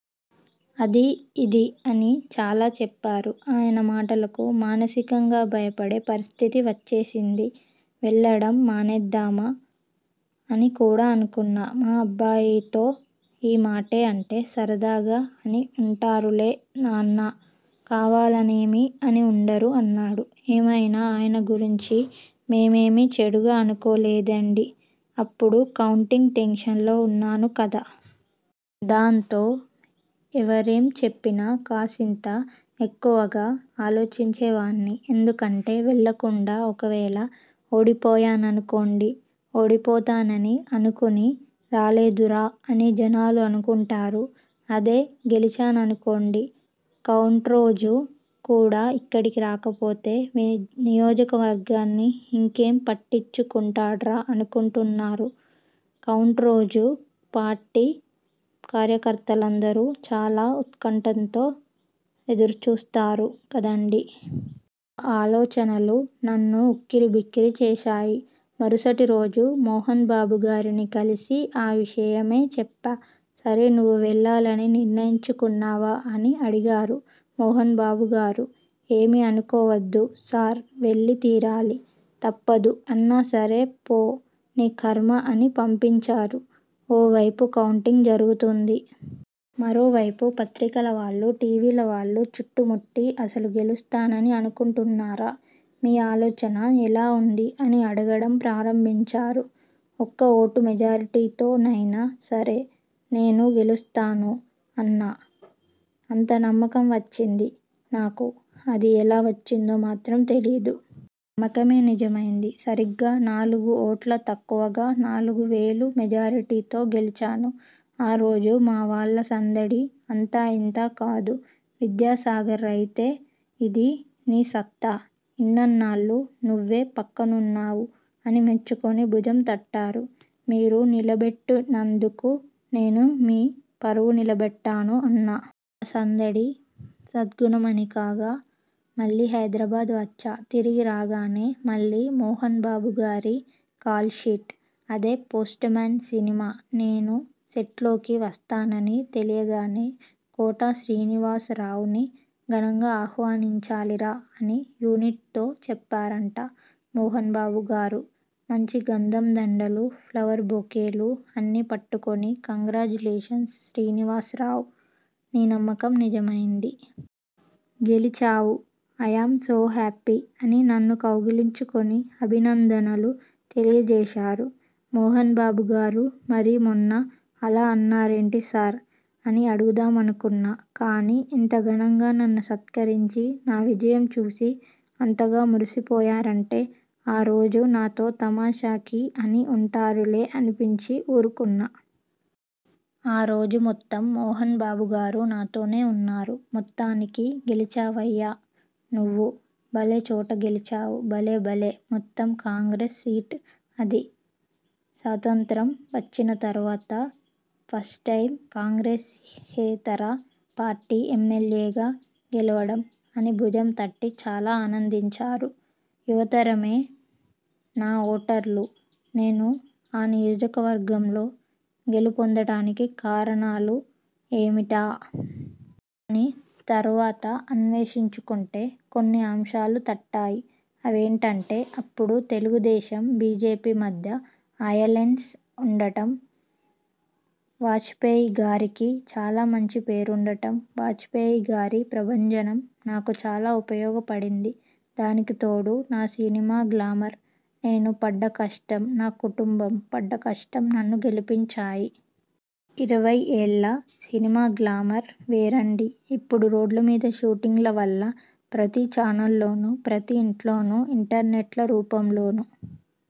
అదీ, ఇదీ అని చాలా చెప్పారు. ఆయన మాటలకు మానసికంగా భయపడే పరిస్థితి వచ్చేసింది. వెళ్ళడం మానేద్దామా అని కూడా అనుకున్నా. మా అబ్బాయితో ఈ మాటే అంటే సరదాగా అని ఉంటారులే నాన్నా కావాలనేమీ అని ఉండరు అన్నాడు. ఏమైనా ఆయన గురించి మే మేమీ చెడుగా అనుకోలేదులెండి అప్పుడు కౌంటింగ్ టెన్షన్లో ఉన్నాను కదా. దాంతో ఎవరేం చెప్పినా కాసింత ఎక్కువగా ఆలోచించేవాణ్ణి. ఎందుకంటే వెళ్ళకుండా ఒకవేళ ఓడిపోయాననుకోండి. ఓడిపోతానని అనుకుని రాలేదురా అని జనాలు అనుకుంటారు. అదే గెలిచాననుకోండి. కౌంట్ రోజు కూడా ఇక్కడికి రాకపోతే, నియోజకవర్గాన్ని ఇంకేం పట్టించుకుంటాడ్రా అనుకుంటారు. కౌంటింగ్రోజు పార్టీ కార్యకర్తలందరూ చాలా ఉత్కంఠతో ఎదురుచూస్తారు కదండీ. ఆ ఆలోచనలు నన్ను ఉక్కిరిబిక్కిరి చేశాయి. మరుసటిరోజు మోహనబాబుగారిని కలిసి ఆ విషయమే చెప్పా. సరే నువ్వు వెళ్ళాలనే నిర్ణయించుకున్నావా అని అడిగారు మోహన్బాబుగారు. ఏమీ అనుకోవద్దు సార్ వెళ్ళి తీరాలి. తప్పదు అన్నా సరే పో నీ ఖర్మ అని పంపించారు. ఓ వైపు కౌంటింగ్ జరుగుతోంది. మరోవైపు పత్రికల వాళ్ళు టీవీల వాళ్ళు చుట్టుముట్టి అసలు గెలుస్తానని అనుకుంటున్నారా? మీ ఆలోచన ఎలా ఉంది అని అడగడం ప్రారంభించారు. ఒక్క ఓటు మెజారిటీతో నైనా సరే నేను గెలుస్తాను అన్నా. అంత నమ్మకం వచ్చింది నాకు. అది ఎలా వచ్చిందో మాత్రం తెలియదు. నా నమ్మకమే నిజమైంది. సరిగ్గా నాలుగు ఓట్లు తక్కువగా నాలుగువేలు మెజార్టీతో గెలిచాను. ఆ రోజు మావాళ్ళ సందడి అంతా ఇంతా కాదు. విద్యాసాగర్గారైతే ఇదీ నీ సత్తా ఇన్నాళ్ళూ నువ్వే పక్కనున్నావ్ అని మెచ్చుకుని భుజం తట్టారు. మీరు నిలబెట్టినందుకు నేను మీ పరువు నిలబెట్టాను అన్నా. ఆ సందడి సద్దుమణిగాక మళ్ళీ హైదరాబాద్ వచ్చా. తిరిగి రాగానే మళ్ళీ మోహనబాబుగారి కాల్షీట్. అదే 'పోస్ట్మేన్' సినిమా నేను సెట్లోకి వస్తన్నానని తెలియగానే కోట శ్రీనివాసరావుని ఘనంగా ఆహ్వానించాలిరా అని యూనిట్తో చెప్పారట మోహనబాబుగారు. మంచి గంధం దండలు, ఫ్లవర్ బొకేలు అన్నీ పట్టుకుని కంగ్రాట్యులేషన్స్ శ్రీనివాసరావు, నీ నమ్మకం నిజమైంది. గెలిచావు, అయామ్ సో హ్యాపీ ' అని నన్ను కౌగలించుకుని అభినందనలు తెలియజేశారు మోహనబాబుగారు. మరి మొన్న అలా అన్నారేంటి సార్. అని అడుగుదామనుకున్నా. కానీ ఇంత ఘనంగా నన్ను సత్కరించి, నా విజయం చూసి అంతగా మురిసిపోయారంటే ఆ రోజు నాతో తమాషాకి అని ఉంటారులే అనిపించి ఊరకున్నా. ఆ రోజు మొత్తం మోహనబాబుగారు నాతోనే ఉన్నారు. మొత్తానికి గెలిచావయ్యా నువ్వు. భలే చోట గెలిచావు భలే భలే మొత్తం కాంగ్రెస్ సీట్ అది. స్వాతంత్య్రం వచ్చిన తర్వాత ఫస్ట్టైమ్ కాంగ్రెస్యేతర పార్టీ ఎమ్మెల్యేగా గెలవడం. అని భుజం తట్టి చాలా ఆనందించారు. యువతరమే నా ఓటర్లు నేను ఆ నియోజకవర్గంలో గెలుపొందడానికి కారణాలు ఏమిటా? అని తర్వాత అన్వేషించుకుంటే కొన్ని అంశాలు తట్టాయి. అవేంటంటే అప్పుడు తెలుగుదేశం, బీజేపీ మధ్య అయలన్స్ ఉండటం, వాజ్పేయి గారికి చాలా మంచి పేరు ఉండటం. వాజ్పేయిగారి ప్రభంజనం నాకు చాలా ఉపయోగపడింది. దానికి తోడు నా సినిమా గ్లామర్, నేను పడ్డ కష్టం, నా కుటుంబం పడ్డ కష్టం నన్ను గెలిపించాయి. ఇరవై ఏళ్ళ సినిమా గ్లామర్ వేరండీ. ఇప్పుడు రోడ్ల మీద షూటింగ్ల వల్ల, ప్రతి చానెల్లోనూ, ప్రతి ఇంట్లోనూ ఇంటర్నెట్ల రూపంలోనూ